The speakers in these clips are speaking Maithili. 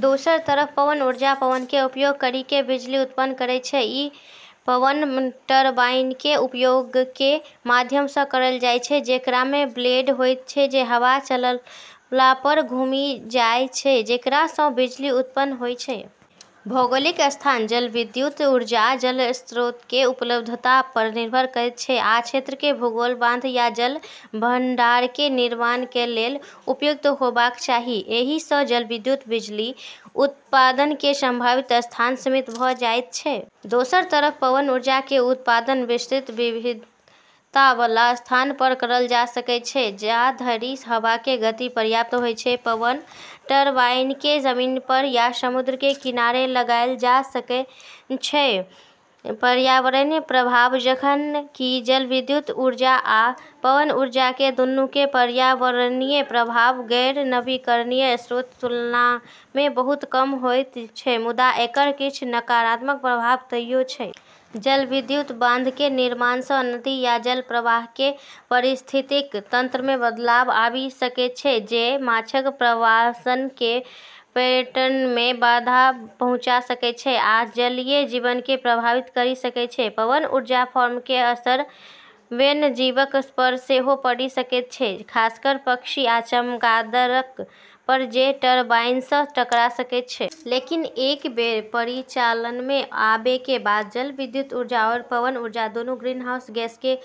दोसर तरफ पवन ऊर्जा, पवनके उपयोग करिके बिजली उत्पन्न करै छै। ई पवन टरबाइनके उपयोगके माध्यमसँ करल जाइ छै, जेकरामे ब्लेड होइत छै जे हवा चलला पर घुमि जाइ छै, जेकरासँ बिजली उत्पन्न होइत छै। भौगोलिक स्थान: जलविद्युत ऊर्जा जल स्रोतके उपलब्धता पर निर्भर करैत छै, आ क्षेत्रके भूगोल, बांध या जल भंडारके निर्माणके लेल उपयुक्त होइबाक चाही। एहिसँ जलविद्युत बिजली उत्पादनके संभावित स्थान सीमित भ' जाइत छै। दोसर तरफ पवन ऊर्जा केर उत्पादन विस्तृत विविधताबला स्थान पर करल जा सकै छै, जा धरि हवाके गति पर्याप्त होइत छै। पवन टरबाइनके जमीन पर या समुद्रके किनारे लगाइल जा सकै छै। पर्यावरणीय प्रभाव: जखन कि जलविद्युत ऊर्जा आ पवन ऊर्जा दुन्नूके पर्यावरणीय प्रभाव गैर-नवीनीकरणीय स्रोतके तुलनामे बहुत कम होइत छै, मुदा एकर किछ नकारात्मक प्रभाव तइयो छै। जलविद्युत बांधके निर्माणसँ नदी या जलप्रवाहके पारिस्थितिकी तंत्रमे बदलाव आबि सकै छै, जे माछक प्रवासनके पैटर्नमे बाधा पहुंचा सकै छै आ जलीय जीवनके प्रभावित करि सकै छै। पवन ऊर्जा फार्मके असर वन्यजीवक पर सेहो पड़ि सकै छै, खासकर पक्षी आ चमगादड़क पर जे टरबाइनसँ टकरा सकै छै। लेकिन एक बेर परिचालनमे आबैके बाद जलविद्युत ऊर्जा आओर पवन ऊर्जा दुन्नू ग्रीनहाउस गैसके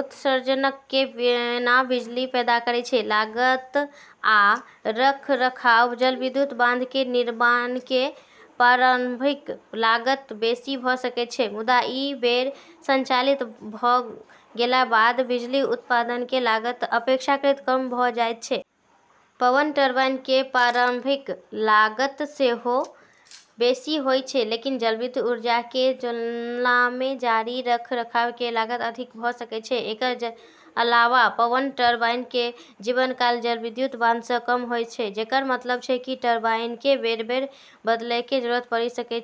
उत्सर्जनके बिना बिजली पैदा करै छै। लागत आ रखरखाव: जलविद्युत बांधके निर्माणके प्रारम्भिक लागत बेशी भ' सकै छै, मुदा एक बेर ई संचालित भ' गेलाके बाद बिजली उत्पादनके लागत अपेक्षाकृत कम भ' जाइत छै। पवन टरबाइन केर प्रारंभिक लागत सेहो बेशी होइ छै, लेकिन जलविद्युत ऊर्जाके तुलनामे जारी रखरखाव केर लागत अधिक भ' सकै छै। एकर अलावा पवन टरबाइन केर जीवन काल जलविद्युत बांधसँ कम होइ छै, जेकर मतलब छै कि टरबाइनके बेर - बेर बदलैके जरूरत पड़ि सकै छै।